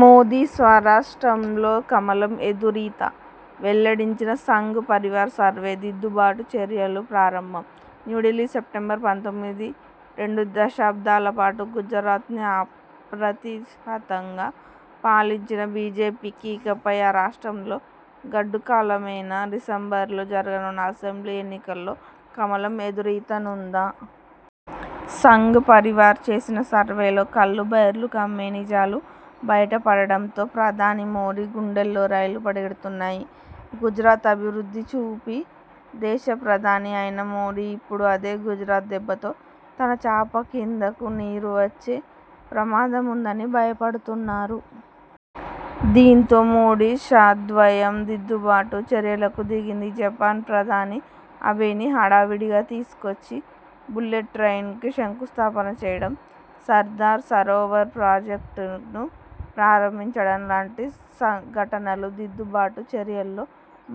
మోదీ స్వరాష్ట్రంలో కమలం ఎదురీత? వెల్లడించిన సంఘ్ పరివార్ సర్వే దిద్దుబాటు చర్యలు ప్రారంభం న్యూఢిల్లీ, సెప్టెంబర్ పంతొమ్మిది రెండు దశాబ్దాల పాటు గుజరాత్ను అప్రతి హతంగా పాలించిన బీజేపీకి ఇకపై ఆ రాష్ట్రంలో గడ్డు కాలమేనా? డిసెంబర్లో జరగనున్న అసెంబ్లీ ఎన్నికల్లో కమలం ఎదురీద నుందా? సంఘ్ పరివార్ చేసిన సర్వేలో కళ్లు బైర్లు కమ్మే నిజాలు బయట పడడంతో ప్రధాని మోదీ గుండెల్లో రైళ్లు పరిగెడుతున్నాయి. గుజరాత్ అభివృద్ధి చూపి దేశ ప్రధాని అయిన మోదీ, ఇప్పుడు అదే గుజరాత్ దెబ్బతో తన చాప కిందకు నీరు వచ్చే ప్రమాద ముందని భయపడుతున్నారు. దీంతో మోదీ, షా ద్వయం దిద్దు బాటు చర్యలకు దిగింది. జపాన్ ప్రధాని అబేని హడా విడిగా తీసుకొచ్చి బుల్లెట్ ట్రైన్కు శంకుస్థాపన చేయడం, సర్దార్ సరోవర్ ప్రాజెక్టును ప్రారంభించడం లాంటి ఘటనలు దిద్దు బాటు చర్యల్లో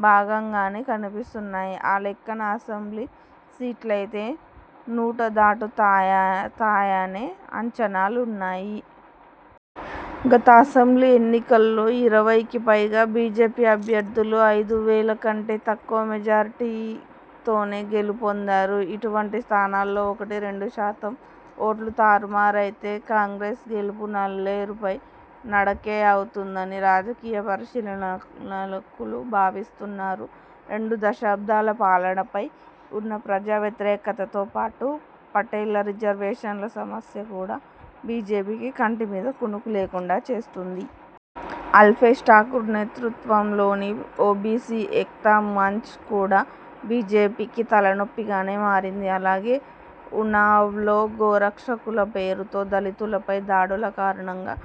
భాగంగానే కనిపిస్తున్నాయి. ఈ లెక్కన అసెంబ్లీ సీట్లైతే నూట దాటు తాయనే అంచనా లున్నాయి. గత అసెంబ్లీ ఎన్నికల్లో ఇరవైకి పైగా బీజేపీ అభ్యర్థులు ఐదు వేల కంటే తక్కువ మెజారిటీ తోనే గెలు పొందారు. ఇటువంటి స్థానాల్లో ఒకటి, రెండు శాతం ఓట్లు తారుమారైతే కాంగ్రెస్ గెలుపు నల్లేరు పై నడకే అవుతుందని రాజకీయ పరిశీలకులు భావిస్తున్నారు. రెండు దశాబ్దాల పాలనపై ఉన్న ప్రజా వ్యతిరేకతతో పాటు, పటేళ్ల రిజర్వేషన్ల సమస్య కూడా బీజేపీకి కంటి మీద కునుకు లేకుండా చేస్తోంది. అల్పేశ్ ఠాకూర్ నేతృత్వంలోని 'ఓబీసీ ఏక్తా మంచ్' కూడా బీజేపీకి తలనొప్పి గానే మారింది. అలాగే ఉనావ్లో గోరక్షకుల పేరుతో దళితుల పై దాడుల కారణంగా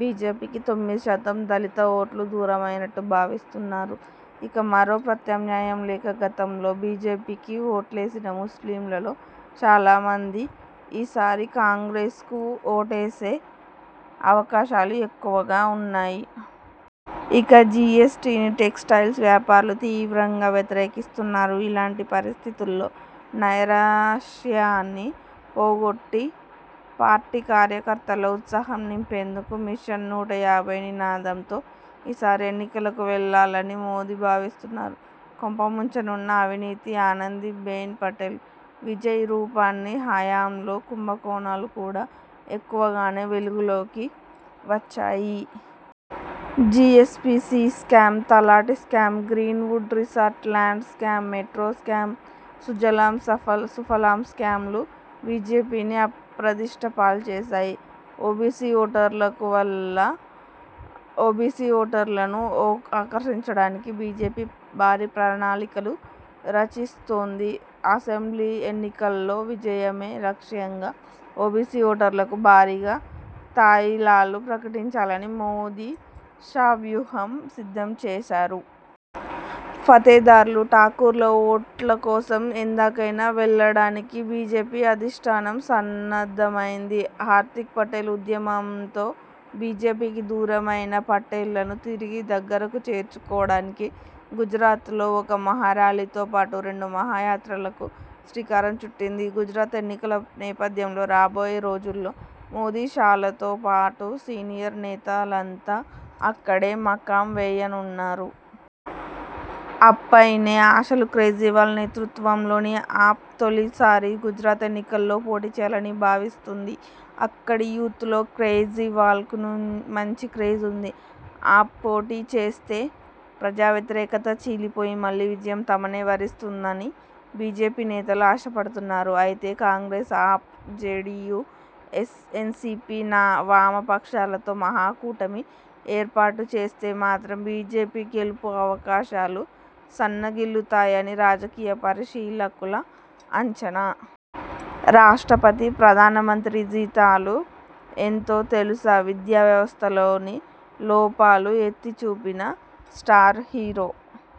బీజేపీకి తొమ్మిది శాతం దళిత ఓటర్లు దూరమైనట్టు భావిస్తున్నారు. ఇక, మరో ప్రత్యామ్నాయం లేక గతంలో బీజేపీకి ఓట్లేసిన ముస్లింల లో చాలా మంది ఈ సారి కాంగ్రెస్ కు ఓటేసే అవకాశాలు ఎక్కువగా ఉన్నాయి. ఇక, జీఎస్టీని టెక్స్టైల్స్ వ్యాపారులు తీవ్రంగా వ్యతిరేకిస్తున్నారు. ఇలాంటి పరిస్థితుల్లో నైరాశ్యాన్ని పోగొట్టి పార్టీ కార్యకర్తల్లో ఉత్సాహం నింపేందుకు 'మిషన్, నూట యాభై' నినాదంతో ఈసారి ఎన్నికలకు వెళ్లాలని మోదీ భావిస్తున్నారు. కొంప ముంచనున్న అవినీతి ఆనంది బెన్ పటేల్, విజయ్ రూపాని హయాంలో కుంభ కోణాలు కూడా ఎక్కువగానే వెలుగు లోకి వచ్చాయి. GSPC scam, Talati scam, Green Wood Resort land scam, metro scam, Sujalam Sufalam స్కాంలు బీజేపీని అప్రదిష్ట పాలు చేశాయి. ఓబీసీ ఓటర్లకు వల ఓబీసీ ఓటర్లను ఆకర్షించడానికి బీజేపీ భారీ ప్రణాళికలు రచిస్తోంది. అసెంబ్లీ ఎన్నికల్లో విజయమే లక్ష్యంగా ఓబీసీ ఓటర్లకు భారీగా తాయిలాలుప్రకటించాలని మోదీ, షా వ్యూహం సిద్ధం చేశారు. ఫతేదార్లు, ఠాకూర్ల ఓట్ల కోసం ఎందాకైనా వెళ్లడానికి బీజేపీ అధిష్ఠానం సన్నద్దమైంది. హార్ధిక్ పటేల్ ఉద్యమంతో బీజేపీకి దూరమైన పటేళ్లను తిరిగి దగ్గరకు చేర్చు కోవడానికి గుజరాత్లో ఒక మహా ర్యాలీతో పాటు రెండు మహా యాత్రలకు శ్రీకారం చుట్టింది. గుజరాత్ ఎన్నికల నేపథ్యంలో రాబోయే రోజుల్లో మోదీ, షాలతో పాటు సీనియర్ నేత లంతా అక్కడే మకాం వేయనున్నారు. ఆప్పైనే ఆశలుకేజ్రీవాల్ నేతృత్వంలోని 'ఆప్' తొలిసారి గుజరాత్ ఎన్నికల్లో పోటీ చేయాలని భావిస్తోంది. అక్కడి యూత్లో కేజ్రీవాల్కు మంచి క్రేజ్ ఉంది. ఆప్ పోటీ చేస్తే ప్రజా వ్యతిరేకత చీలిపోయి మళ్లీ విజయం తమనే వరిస్తుందని బీజేపీ నేతలు ఆశ పడుతున్నారు. అయితే కాంగ్రెస్, ఆప్, జేడీయూ, ఎన్సీపీ, వామ పక్షాలతో మహా కూటమి ఏర్పాటు చేస్తే మాత్రం బీజేపీ గెలుపు అవకాశాలు సన్న గిల్లుతాయని రాజకీయ పరిశీలకుల అంచనా. రాష్ట్రపతి, ప్రధాన మంత్రి జీతాలు ఎంతో తెలుసా? విద్యా వ్యవస్థలోని లోపాల్ని ఎత్తి చూపిన స్టార్ హీరో